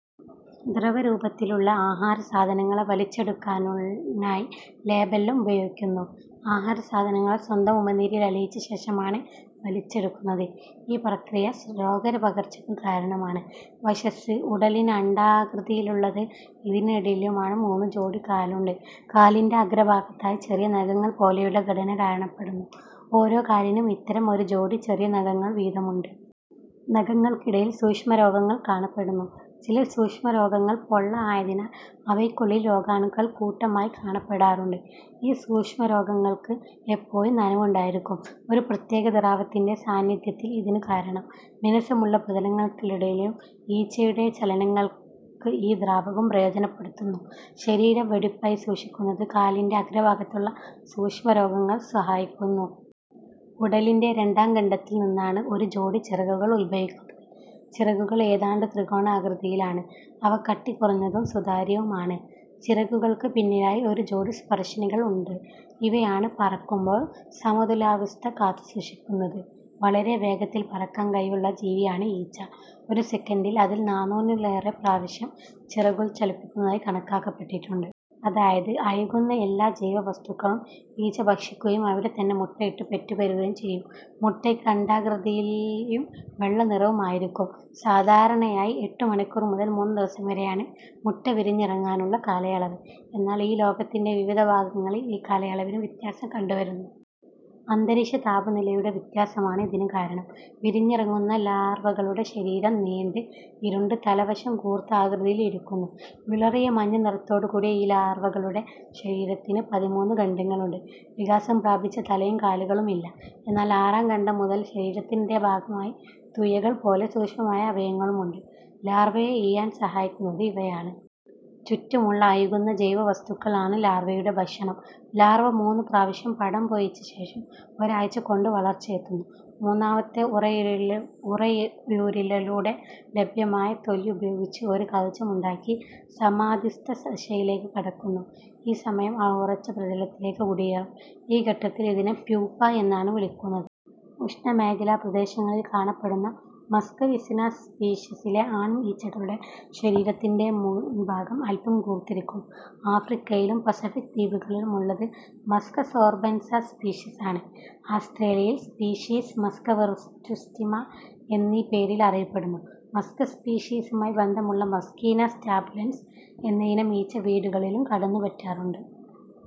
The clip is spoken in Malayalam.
ദ്രവരൂപത്തിലുള്ള ആഹാരസാധനങ്ങളെ വലിച്ചെടുക്കാനായി ലേബല്ലം ഉപയോഗിക്കുന്നു. ആഹാരസാധനങ്ങളെ സ്വന്തം ഉമിനീരിൽ അലിയിച്ചശേഷമാണ് വലിച്ചെടുക്കുന്നത്. ഈ പ്രക്രിയ രോഗ പകർചക്കു കാരണം. വക്ഷസ്സ് / ഉടലിന് അണ്ഡാകൃതിയാണുള്ളത് ഇതിനടിയിലായി മൂന്നു ജോഡി കാലുണ്ട്. കാലിന്റെ അഗ്രഭാഗത്തായി ചെറിയ നഖങ്ങൾ പോലെയുള്ള ഘടന കാണപ്പെടുന്നു. ഓരോകാലിലും ഇത്തരം ഒരു ജോഡി ചെറിയ നഖങ്ങൾ വീതമുണ്ട്. നഖങ്ങൾക്കിടയിൽ സൂക്ഷ്മരോമങ്ങൾ കാണപ്പെടുന്നു. ചില സൂക്ഷ്മരോമങ്ങൾ പൊള്ള ആയതിനാൽ അവയ്ക്കുള്ളിൽ രോഗാണുക്കൾ കൂട്ടമായി കാണപ്പെടാറുണ്ട്. ഈ സൂക്ഷ്മരോമങ്ങൾക്ക് എപ്പോഴും നനവുണ്ടായിരിക്കും. ഒരു പ്രത്യേക ദ്രാവകത്തിന്റെ സാന്നിധ്യമാണ് ഇതിനു കാരണം. മിനുസമുള്ള പ്രതലങ്ങളിലൂടെയുള്ള ഈച്ചയുടെ ചലനങ്ങൾക്ക് ഈ ദ്രാവകം പ്രയോജനപ്പെടുന്നു. ശരീരം വെടിപ്പായി സൂക്ഷിക്കുന്നതിന് കാലിന്റെ അഗ്രഭാഗത്തുള്ള സൂക്ഷ്മരോമങ്ങൾ സഹായിക്കുന്നു. ഉടലിന്റെ രണ്ടാം ഖണ്ഡത്തിൽ നിന്നാണ് ഒരു ജോഡി ചിറകുകൾ ഉദ്ഭവിക്കുന്നത്. ചിറകുകൾ ഏതാണ്ടു ത്രികോണാകൃതിയിലാണ്. അവ കട്ടികുറഞ്ഞതും സുതാര്യവുമാണ്. ചിറകുകൾക്ക് പിന്നിലായി ഒരു ജോഡി സ്പർശിനികൾ ഉണ്ട്. ഇവയാണ് പറക്കുമ്പോൾ സമതുലനാവസ്ത കാത്തുസൂക്ഷിക്കുന്നത്. വളരെ വേഗത്തിൽ പറക്കാൻ കഴിവുള്ള ജീവിയാണ് ഈച്ച. ഒരു സെക്കൻഡിൽ അത് നാനൂറിലേറെ പ്രാവശ്യം ചിറകുകൾ ചലിപ്പിക്കുന്നതായി കണക്കാക്കപ്പെട്ടിട്ടുണ്ട്. അതായത്, അഴുകുന്ന എല്ലാ ജൈവ വസ്തുക്കളും ഈച്ച ഭക്ഷിക്കുകയും അവിടെത്തന്നെ മൂട്ട ഇട്ട് പെറ്റു പെരുകുകയും ചെയ്യും. മുട്ടയ്ക്ക് അണ്ഡാകൃതിയും വെള്ളനിറവും ആയിരിക്കും. സാധാരണയായി എട്ടു മണിക്കൂർ മുതൽ മൂന്നു ദിവസം വരെയാണ് മുട്ടവിരിഞ്ഞിറങ്ങാനുള്ള കാലയളവ്. എന്നാൽ ലോകത്തിന്റെ വിവിധ ഭാഗങ്ങളിൽ ഈ കാലയളവിനു വ്യത്യാസം കണ്ടുവരുന്നു. അന്തരീക്ഷ താപനിലയുടെ വ്യത്യാസമാണ് ഇതിനു കാരണം. വിരിഞ്ഞിറങ്ങുന്ന ലാർവകളുടെ ശരീരം നീണ്ട്, ഉരുണ്ട്, തല വശം കൂർത്ത ആകൃതിയിൽ ഇരിക്കുന്നു. വിളറിയ മഞ്ഞനിറത്തോടുകൂടിയ ഈ ലാർവകളുടെ ശരീരത്തിന് പതിമൂന്നു ഖണ്ഡങ്ങളുണ്ട്; വികാസം പ്രാപിച്ച തലയും കാലുകളും ഇല്ല. എന്നാൽ ആറാംഖണ്ഡം മുതൽ ശരീരത്തിന്നടിഭാഗത്തായി തുഴകൾപോലെ സൂക്ഷ്മങ്ങളായ അവയവങ്ങളുണ്ട്; ലാർവയെ ഇഴയാൻ സഹായിക്കുന്നത് ഇവയാണ്. ചുറ്റുമുള്ള അഴുകുന്ന ജൈവ വസ്തുക്കൾ ആണ് ലാർവയുടെ ഭക്ഷണം. ലാർവ മൂന്നു പ്രാവശ്യം പടം പൊഴിച്ചശേഷം ഒരാഴ്ച്ചകൊണ്ട് വളർച്ചയെത്തുന്നു. മൂന്നാമത്തെ ഉറയൂരലിലൂടെ ലഭ്യമായ തൊലി ഉപയോഗിച്ച് ഒരു കവചമുണ്ടാക്കി സമാധിസ്ഥ ദശയിലേക്കു കടക്കുന്നു. ഈ സമയം അവ ഉറച്ച പ്രതലത്തിലേക്ക് കുടിയേറും. ഈ ഘട്ടത്തിൽ ഇതിനെ പ്യൂപ്പ എന്നാണ് വിളിക്കുന്നത്. ഉഷ്ണമേഖലാ പ്രദേശങ്ങളിൽ കാണപ്പെടുന്ന മസ്ക വിസിന സ്പീഷിസിലെ ആൺ ഈച്ചകളുടെ ശരീരത്തിന്റെ മുൻഭാഗം അല്പം കൂർത്തിരിക്കും. ആഫ്രിക്കയിലും പസഫിക്ക് ദ്വീപുകളിലും ഉള്ളത് മസ്ക സോർബൻസ സ്പീഷീസാണ്. ആസ്ട്രേലിയൻ സ്പീഷീസ് മസ്ക വെറ്റുസ്റ്റിസ്സിമ എന്ന പേരിൽ അറിയപ്പെടുന്നു. മസ്ക സ്പീഷീസുമായി ബന്ധമുള്ള മസ്കീന സ്റ്റാബുലൻസ് എന്നയിനം ഈച്ച വീടുകളിലും കടന്നുപറ്റാറുണ്ട്.